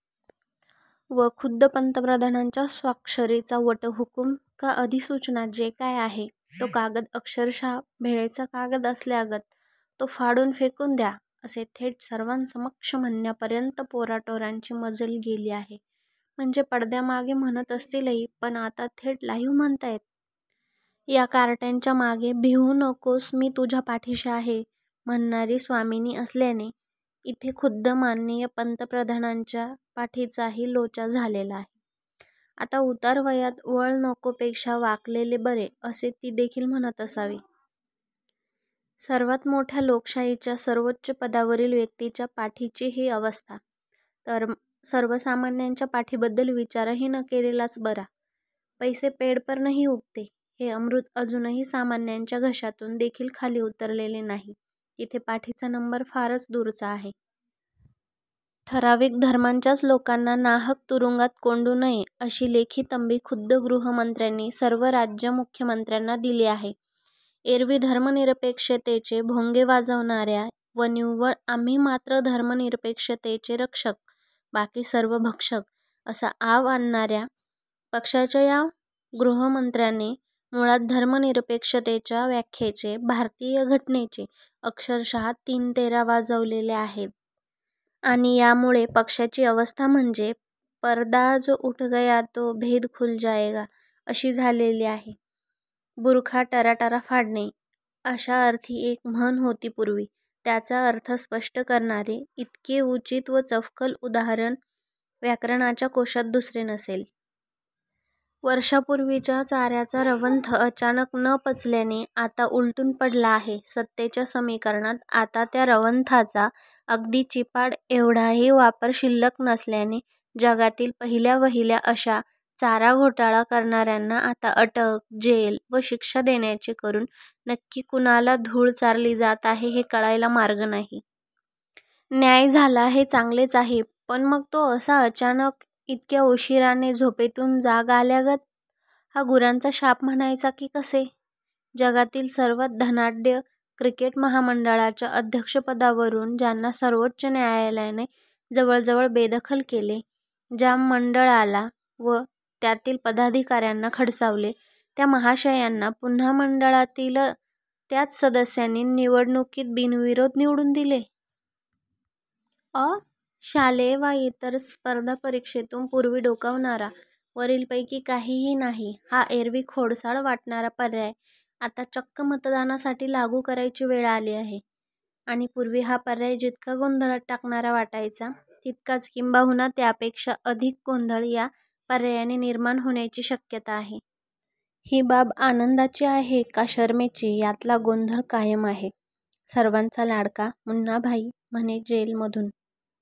व खुद्द पंतप्रधनांच्या स्वाक्षरीचा वटहुकूम का अधिसूचना जे काय आहे, तो कागद अक्षरशः भेळेचा कागद असल्यागत "तो फाडून फेकून द्या.. " असे थेट सर्वांसमक्ष म्हणण्यापर्यंत पोरा टोरांची मजाल गेली आहे. म्हणजे पडद्यामागे म्हणत असतीलही पण आता थेट 'लाईव्ह' म्हणताहेत. या कारट्यांच्या मागे 'भिऊ नकोस मी तुझ्या पाठीशी आहे" म्हणणारी स्वामिनी असल्याने ईथे खुद्द मा. पंतप्रधानांच्या पाठीचाही लोचा झालेला आहे. आता ऊतार वयात 'वळ नको पेक्षा वाकलेले बरे' असे ती देखिल म्हणत असावी. सर्वात मोठ्या लोकशाहीच्या सर्वोच्च पदावरील व्यक्तीच्या पाठीची ही अवस्था तर सर्वसामान्यांच्या पाठी बद्दल विचारही न केलेलाच बरा! 'पैसे पेड पर नही ऊगते.. ' हे अमृत अजूनही सामान्यांच्या घशातून देखिल खाली ऊतरलेले नाही तिथे पाठीचा नंबर फारच दूरचा आहे. ठराविक धर्मांच्याच लोकांना नाहक तुरूंगात कोंडू नये अशी लेखी तंबी खुद्द गृहमंत्र्यांनी सर्व राज्य मुख्य मंत्र्यांना दिली आहे. एरवी धर्मनिरपेक्षतेचे भोंगे वाजवणार्या व निव्वळ आम्ही मात्र धर्मनिरपेक्षतेचे रक्षक बाकी सर्व भक्षक असा आव आणणार्या पक्षाच्या या गृहमंत्र्याने मुळात धर्मनिरपेक्षतेच्या व्याख्येचे, भारतीय घटनेचे अक्षरशः तीन तेरा वाजवलेले आहेत. आणि यामूळे पक्षाची अवस्था म्हणजे- "परदा जो ऊठ गया तो भेद खुल जायेगा" अशी झालेली आहे. 'बुरखा टराटरा फाडणे' अशा अर्थी एक म्हण होती पूर्वी. त्याचा अर्थ स्पष्ट करणारे ईतके ऊचित व चपखल ऊदाहरण व्याकरणाच्या कोशात दुसरे नसेल. वर्षापूर्वीच्या चार्याचा रवंथ अचानक न पचल्याने आता ऊलटून पडला आहे. सत्तेच्या समीकरणात आता त्या रवंथाचा अगदी चिपाड एव्हडाही वापर शिल्लक नसल्याने जगातील पहिल्या वहिल्या अशा 'चारा' घोटाळा करणार्यांना आता अटक, जेल, व शिक्षा देण्याचे करून नक्की कुणाला धूळ चारली जात आहे हे कळायला मार्ग नाही. न्याय झाला हे चांगलेच आहे पण मग तो असा अचानक ईतक्या ऊशीराने, झोपेतून जाग आल्यागत? हा गुरांचा शाप म्हणायचा की कसे? जगातील सर्वात धनाढ्य क्रिकेट महामंडळाच्या अध्यक्षपदावरून ज्यांना सर्वोच्च न्यायालयाने जवळ जवळ बेदखल केले, ज्या मंडळाला व त्यातील पदाधिकार्यांना खडसावले, त्यां महाशयांना पुन्हा मंडळातील त्याच सदस्यांनी निवडणूकीत बिनविरोध निवडून दिले? ऑ! शालेय वा ईतर स्पर्धा परिक्षेतून पूर्वी डोकावणारा "वरीलपैकी काहीही नाही.. " हा एरवी 'खोडसाळ' वाटणारा पर्याय आता चक्क मतदानासाठी लागू करायची वेळ आली आहे. आणि पूर्वी हा पर्याय जितका गोंधळात टाकणारा वाटायचा तितकाच, किंबहुना त्यापेक्षा अधिक गोंधळ या पर्यायाने निर्माण होण्याची शक्यता आहे. ही बाब आनंदाची आहे का शरमेची यातला गोंधळ कायम आहे. सर्वांचा लाडका मुन्नाभाई म्हणे जेल मधून